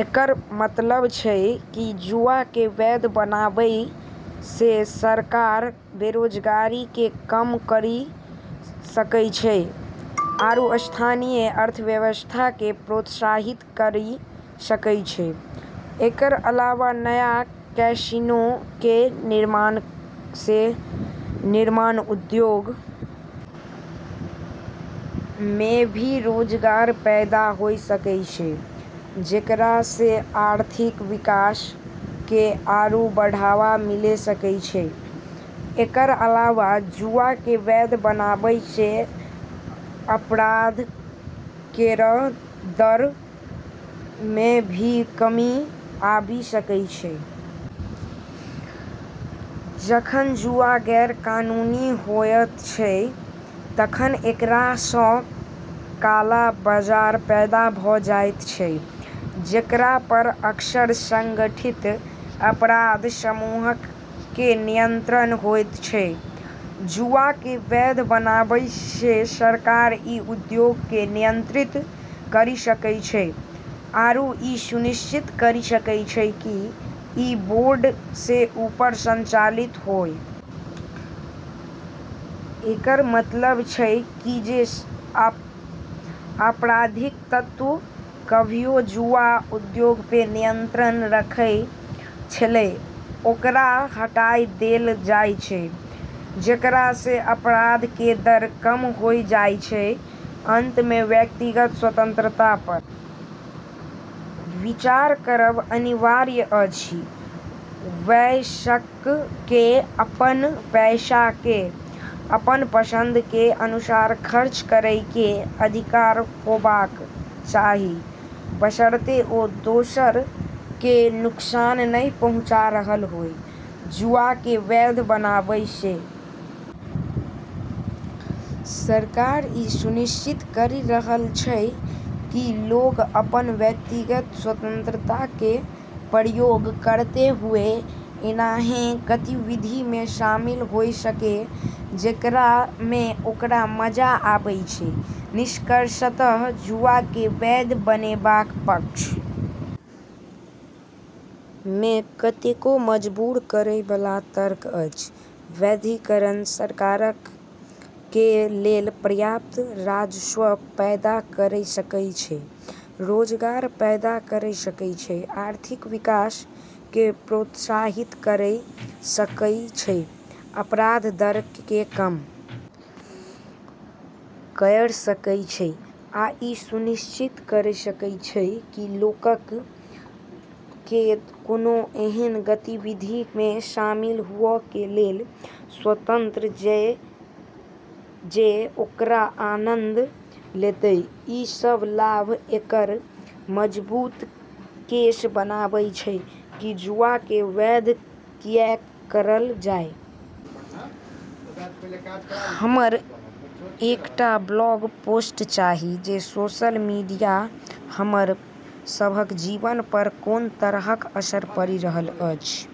एकरऽ मतलब छै कि जुआ के वैध बनाबै से सरकार बेरोजगारी के कम करी सकै छै आरू स्थानीय अर्थव्यवस्था के प्रोत्साहित करी सकै छै, एकरऽ अलावा नया कैसिनो के निर्माण से निर्माण उद्योग मे भी रोजगार पैदा होय सकै छै जेकरा से आर्थिक विकास के आरू बढ़ावा मिले सकै छै, एकरऽ अलावा जुआ के वैध बनाबै से अपराध केरऽ दर मे भी कमी आबी सकै छै जखन जुआ गैरकानूनी होयत छै तखन एकरा सं काला बाजार पैदा भ जायत छै जेकरा पर अक्सर संगठित अपराध समूहक कें नियंत्रण होयत छै, जुआ के वैध बनाबै से सरकार ई उद्योग के नियंत्रित करी सकै छै आरू ई सुनिश्चित करी सकै छै कि ई बोर्ड से ऊपर संचालित होय। एकरऽ मतलब छै कि जे आपराधिक तत्व कभियो जुआ उद्योग पे नियंत्रण रखै छेलै ओकरा हटाय देलऽ जाय छै जेकरा से अपराध के दर कम होय जाय छै। अंत मे व्यक्तिगत स्वतंत्रता पर विचार करब अनिवार्य अछि, वयस्कक कें अपन पैसा कें अपन पसंद कें अनुसार खर्च करय कें अधिकार होबाक चाही, बशर्ते ओ दोसर कें नुकसान नहि पहुंचा रहल होय, जुआ के वैध बनाबै से सरकार ई सुनिश्चित करी रहलऽ छै कि लोग अपनऽ व्यक्तिगत स्वतंत्रता के प्रयोग करतें हुए ऐन्हऽ गतिविधि मे शामिल होय सके जेकरा मे ओकरा मजा आबै छै, निष्कर्षतः जुआ के वैध बनेबाक पक्ष में कतेको मजबूर करय बला तर्क अछि, वैधीकरण सरकारक कें लेल पर्याप्त राजस्व पैदा कयर सकय छै, रोजगार पैदा कयर सकय छै, आर्थिक विकास कें प्रोत्साहित कयर सकय छै, अपराध दर कें कम कयर सकय छै आ इ सुनिश्चित करय सकय छै की लोगक कें कोनों एहन गतिविधि मे शामिल हुअ कें लेल स्वतंत्र छै जे ओकरा आनंद लेतय, ई सब लाभ एकरऽ मजबूत केस बनाबै छै कि जुआ के वैध कियैक करलऽ जाय। हमरा एकटा ब्लॉग पोस्ट चाही जे सोशल मीडिया हमर सभक जीवन पर कोन तरहक असर पड़ि रहल अछि।